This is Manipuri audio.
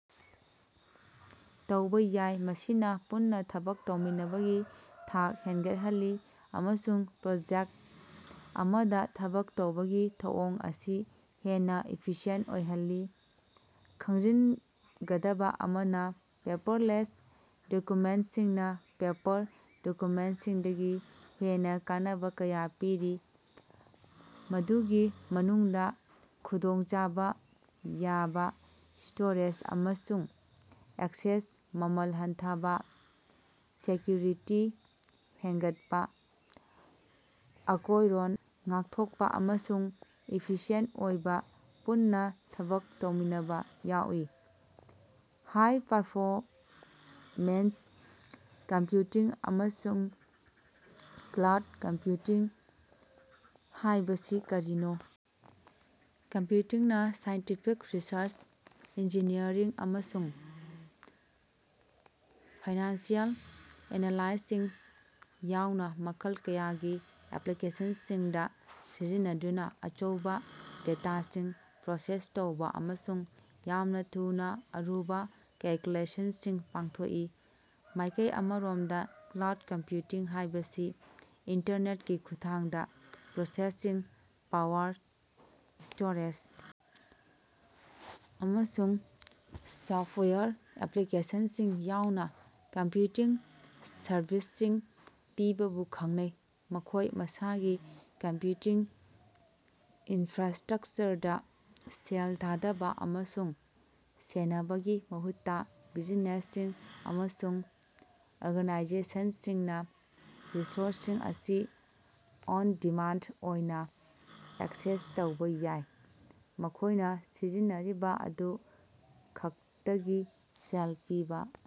ꯇꯧꯕ ꯌꯥꯏ꯫ ꯃꯁꯤꯅ ꯄꯨꯟꯅ ꯊꯕꯛ ꯇꯧꯃꯤꯟꯅꯕꯒꯤ ꯊꯥꯛ ꯍꯦꯟꯒꯠꯍꯜꯂꯤ ꯑꯃꯁꯨꯡ ꯄ꯭ꯔꯣꯖꯦꯛꯇ ꯑꯃꯗ ꯊꯕꯛ ꯇꯧꯕꯒꯤ ꯊꯧꯑꯣꯡ ꯑꯁꯤ ꯍꯦꯟꯅ ꯏꯐꯤꯁꯤꯌꯦꯟꯇ ꯑꯣꯏꯍꯜꯂꯤ꯫ ꯈꯪꯖꯤꯟꯒꯗꯕ ꯑꯃꯅ, ꯄꯦꯄꯔꯂꯦꯁ ꯗꯣꯛꯌꯨꯃꯦꯟꯇꯁꯤꯡꯅꯥ ꯄꯦꯄꯔ ꯗꯣꯛꯌꯨꯃꯦꯟꯇꯁꯤꯡꯗꯒꯤ ꯍꯦꯟꯅ ꯀꯥꯟꯅꯕ ꯀꯌꯥ ꯄꯤꯔꯤ꯫ ꯃꯗꯨꯒꯤ ꯃꯅꯨꯡꯗ ꯈꯨꯗꯣꯡꯆꯥꯕ ꯌꯥꯕ ꯁ꯭ꯇꯣꯔꯦꯖ ꯑꯃꯁꯨꯡ ꯑꯦꯛꯁꯦꯁ, ꯃꯃꯜ ꯍꯟꯊꯕꯥ, ꯁꯦꯀ꯭ꯌꯨꯔꯤꯇꯤ ꯍꯦꯟꯒꯠꯄꯥ, ꯑꯀꯣꯏꯔꯣꯟ ꯉꯥꯛꯊꯣꯛꯄ, ꯑꯃꯁꯨꯡ ꯏꯐꯤꯁꯤꯑꯦꯟꯇ ꯑꯣꯏꯕ ꯄꯨꯟꯅ ꯊꯕꯛ ꯇꯧꯃꯤꯟꯅꯕ ꯌꯥꯎꯏ꯫ ꯍꯥꯏ-ꯄꯥꯔꯐꯣꯔꯃꯦꯟꯁ ꯀꯝꯄ꯭ꯌꯨꯇꯤꯡ ꯑꯃꯁꯨꯡ ꯀ꯭ꯂꯥꯎꯗ ꯀꯝꯄ꯭ꯌꯨꯇꯤꯡ ꯍꯥꯌꯕꯁꯤ ꯀꯔꯤꯅꯣ? ꯀꯝꯄ꯭ꯌꯨꯇꯤꯡ ꯅꯥ ꯁꯥꯏꯟꯇꯤꯐꯤꯛ ꯔꯤꯁꯔꯆ, ꯏꯟꯖꯤꯅꯤꯌꯔꯤꯡ, ꯑꯃꯁꯨꯡ ꯐꯥꯏꯅꯥꯟꯁꯤꯑꯦꯜ ꯑꯦꯅꯥꯂꯥꯏꯁꯤꯁ ꯌꯥꯎꯅ ꯃꯈꯜ ꯀꯌꯥꯒꯤ ꯑꯦꯞꯂꯤꯀꯦꯁꯟꯁꯤꯡꯗ ꯁꯤꯖꯤꯟꯅꯗꯨꯅ ꯑꯆꯧꯕ ꯗꯦꯇꯥꯁꯤꯡ ꯄ꯭ꯔꯣꯁꯦꯁ ꯇꯧꯕ ꯑꯃꯁꯨꯡ ꯌꯥꯝꯅ ꯊꯨꯅ ꯑꯔꯨꯕ ꯀꯦꯜꯀꯨꯂꯦꯁꯟꯁꯤꯡ ꯄꯥꯡꯊꯣꯛꯏ꯫ ꯃꯥꯏꯀꯩ ꯑꯃꯔꯣꯝꯗ, ꯀ꯭ꯂꯥꯎꯗ ꯀꯝꯄ꯭ꯌꯨꯇꯤꯡ ꯍꯥꯏꯕꯁꯤ ꯏꯟꯇꯔꯅꯦꯠꯀꯤ ꯈꯨꯠꯊꯥꯡꯗ ꯄ꯭ꯔꯣꯁꯦꯁꯤꯡ ꯄꯥꯋꯔ, ꯁ꯭ꯇꯣꯔꯦꯖ, ꯑꯃꯁꯨꯡ ꯁꯣꯐꯇꯋꯥꯌꯔ ꯑꯦꯞꯂꯤꯀꯦꯁꯟꯁꯤꯡ ꯌꯥꯎꯅ ꯀꯝꯄ꯭ꯌꯨꯇꯤꯡ ꯁꯔꯚꯤꯁꯁꯤꯡ ꯄꯤꯕꯕꯨ ꯈꯪꯅꯩ꯫ ꯃꯈꯣꯏ ꯃꯁꯥꯒꯤ ꯀꯝꯄ꯭ꯌꯨꯇꯤꯡ ꯏꯟꯐ꯭ꯔꯥꯁ꯭ꯇꯔꯛꯆꯔꯗ ꯁꯦꯜ ꯊꯥꯗꯕ ꯑꯃꯁꯨꯡ ꯁꯦꯟꯅꯕꯒꯤ ꯃꯍꯨꯠꯇ ꯕꯤꯖꯤꯅꯦꯁꯁꯤꯡ ꯑꯃꯁꯨꯡ ꯑꯣꯔꯒꯅꯥꯏꯖꯦꯁꯟꯁꯤꯡꯅ ꯔꯤꯁꯣꯔꯁꯁꯤꯡ ꯑꯁꯤ ꯑꯣꯟ-ꯗꯤꯃꯥꯟꯗ ꯑꯣꯏꯅ ꯑꯦꯛꯁꯦꯁ ꯇꯧꯕ ꯌꯥꯏ꯫ ꯃꯈꯣꯏꯅ ꯁꯤꯖꯤꯟꯅꯔꯤꯕ ꯑꯗꯨ ꯈꯛꯇꯒꯤ ꯁꯦꯜ ꯄꯤꯕ